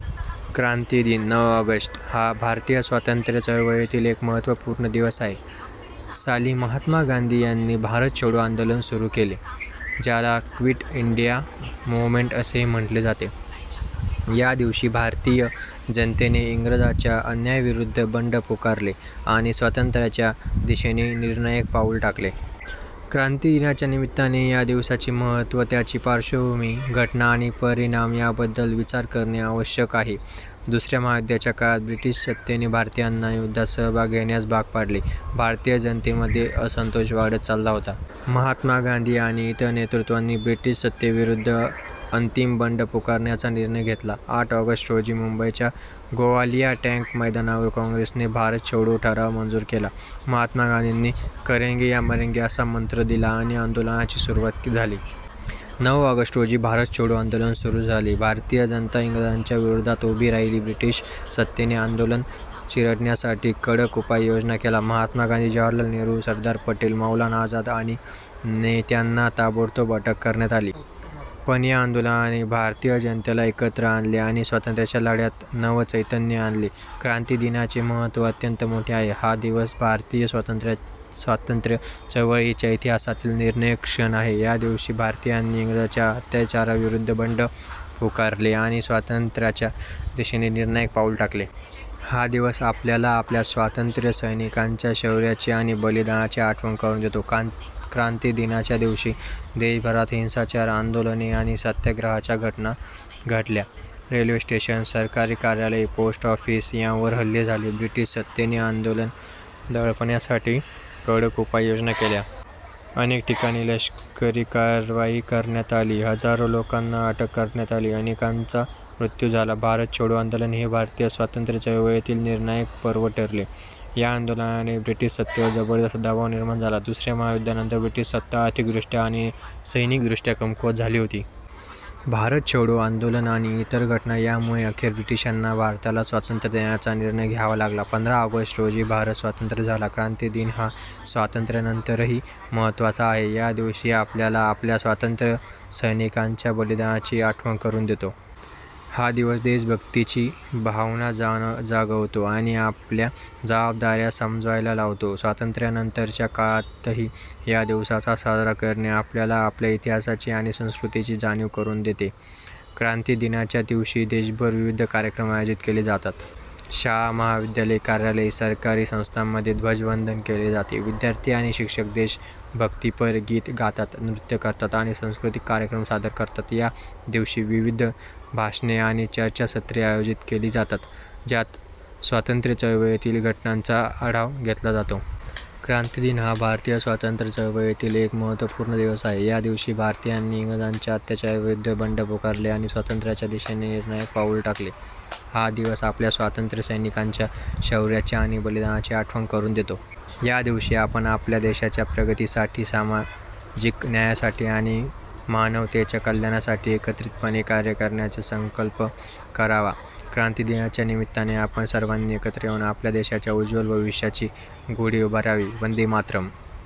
क्रांती दिन, नऊ ऑगस्ट, हा भारतीय स्वातंत्र्य चळवळीतील एक महत्त्वपूर्ण दिवस आहे. साली महात्मा गांधी यांनी भारत छोडो आंदोलन सुरू केले, ज्याला क्विट इंडिया मूवमेंट असेही म्हटले जाते. या दिवशी भारतीय जनतेने इंग्रजांच्या अन्यायाविरुद्ध बंड पुकारले आणि स्वातंत्र्याच्या दिशेने निर्णायक पाऊल टाकले. क्रांती दिनाच्या निमित्ताने या दिवसाचे महत्त्व, त्याची पार्श्वभूमी, घटना आणि परिणाम याबद्दल विचार करणे आवश्यक आहे. दुसऱ्या महायुद्धाच्या काळात ब्रिटिश सत्तेने भारतीयांना युद्धात सहभाग घेण्यास भाग पाडले. भारतीय जनतेमध्ये असंतोष वाढत चालला होता. महात्मा गांधी आणि इतर नेतृत्वांनी ब्रिटिश सत्तेविरुद्ध अंतिम बंड पुकारण्याचा निर्णय घेतला. आठ ऑगस्ट रोजी मुंबईच्या गोवालिया टँक मैदानावर काँग्रेसने भारत छोडो ठराव मंजूर केला. महात्मा गांधींनी करेंगे या मरेंगे असा मंत्र दिला आणि आंदोलनाची सुरुवात झाली. नऊ ऑगस्ट रोजी भारत छोडो आंदोलन सुरू झाले. भारतीय जनता इंग्रजांच्या विरोधात उभी राहिली. ब्रिटिश सत्तेने आंदोलन चिरडण्यासाठी कडक उपाययोजना केल्या. महात्मा गांधी, जवाहरलाल नेहरू, सरदार पटेल, मौलाना आझाद आदी नेत्यांना ताबडतोब अटक करण्यात आली. पण या आंदोलनाने भारतीय जनतेला एकत्र आणले आणि स्वातंत्र्याच्या लढ्यात नवचैतन्य आणले. क्रांती दिनाचे महत्त्व अत्यंत मोठे आहे. हा दिवस भारतीय स्वातंत्र्य चळवळीच्या इतिहासातील निर्णायक क्षण आहे. या दिवशी भारतीयांनी इंग्रजांच्या अत्याचाराविरुद्ध बंड पुकारले आणि स्वातंत्र्याच्या दिशेने निर्णायक पाऊल टाकले. हा दिवस आपल्याला आपल्या स्वातंत्र्यसैनिकांच्या शौर्याची आणि बलिदानाची आठवण करून देतो. क्रांती दिनाच्या दिवशी देशभरात हिंसाचार, आंदोलने आणि सत्याग्रहाच्या घटना घडल्या. रेल्वे स्टेशन, सरकारी कार्यालये, पोस्ट ऑफिस यांवर हल्ले झाले. ब्रिटिश सत्तेने आंदोलन दडपण्यासाठी कडक उपाययोजना केल्या. अनेक ठिकाणी लष्करी कारवाई करण्यात आली. हजारो लोकांना अटक करण्यात आली, अनेकांचा मृत्यू झाला. भारत छोडो आंदोलन हे भारतीय स्वातंत्र्य चळवळीतील निर्णायक पर्व ठरले. या आंदोलनाने ब्रिटिश सत्तेवर जबरदस्त दबाव निर्माण झाला. दुसऱ्या महायुद्धानंतर ब्रिटिश सत्ता आर्थिकदृष्ट्या आणि सैनिकीदृष्ट्या कमकुवत झाली होती. भारत छोडो आंदोलन आणि इतर घटना यामुळे अखेर ब्रिटिशांना भारताला स्वातंत्र्य देण्याचा निर्णय घ्यावा लागला. पंधरा ऑगस्ट रोजी भारत स्वतंत्र झाला. क्रांती दिन हा स्वातंत्र्यानंतरही महत्त्वाचा आहे. या दिवशी आपल्याला आपल्या स्वातंत्र्यसैनिकांच्या बलिदानाची आठवण करून देतो. हा दिवस देशभक्तीची भावना जागवतो आणि आपल्या जबाबदाऱ्या समजायला लावतो. स्वातंत्र्यानंतरच्या काळातही या दिवसाचा साजरा करणे आपल्याला आपल्या इतिहासाची आणि संस्कृतीची जाणीव करून देते. क्रांती दिनाच्या दिवशी देशभर विविध कार्यक्रम आयोजित केले जातात. शाळा, महाविद्यालये, कार्यालये, सरकारी संस्थांमध्ये ध्वजवंदन केले जाते. विद्यार्थी आणि शिक्षक देशभक्तीपर गाणी गातात, नृत्य करतात आणि सांस्कृतिक कार्यक्रम सादर करतात. या दिवशी विविध भाषणे आणि चर्चासत्रे आयोजित केली जातात, ज्यात स्वातंत्र्य चळवळीतील घटनांचा आढावा घेतला जातो. क्रांती दिन हा भारतीय स्वातंत्र्य चळवळीतील एक महत्त्वपूर्ण दिवस आहे. या दिवशी भारतीयांनी इंग्रजांच्या अत्याचाराविरुद्ध बंड पुकारले आणि स्वातंत्र्याच्या दिशेने निर्णायक पाऊल टाकले. हा दिवस आपल्या स्वातंत्र्यसैनिकांच्या शौर्याची आणि बलिदानाची आठवण करून देतो. या दिवशी आपण आपल्या देशाच्या प्रगतीसाठी, सामाजिक न्यायासाठी आणि मानवतेच्या कल्याणासाठी एकत्रितपणे कार्य करण्याचा संकल्प करावा. क्रांती दिनाच्या निमित्ताने आपण सर्वांनी एकत्र येऊन आपल्या देशाच्या उज्ज्वल भविष्याची गुढी उभारावी. वंदे मातरम्.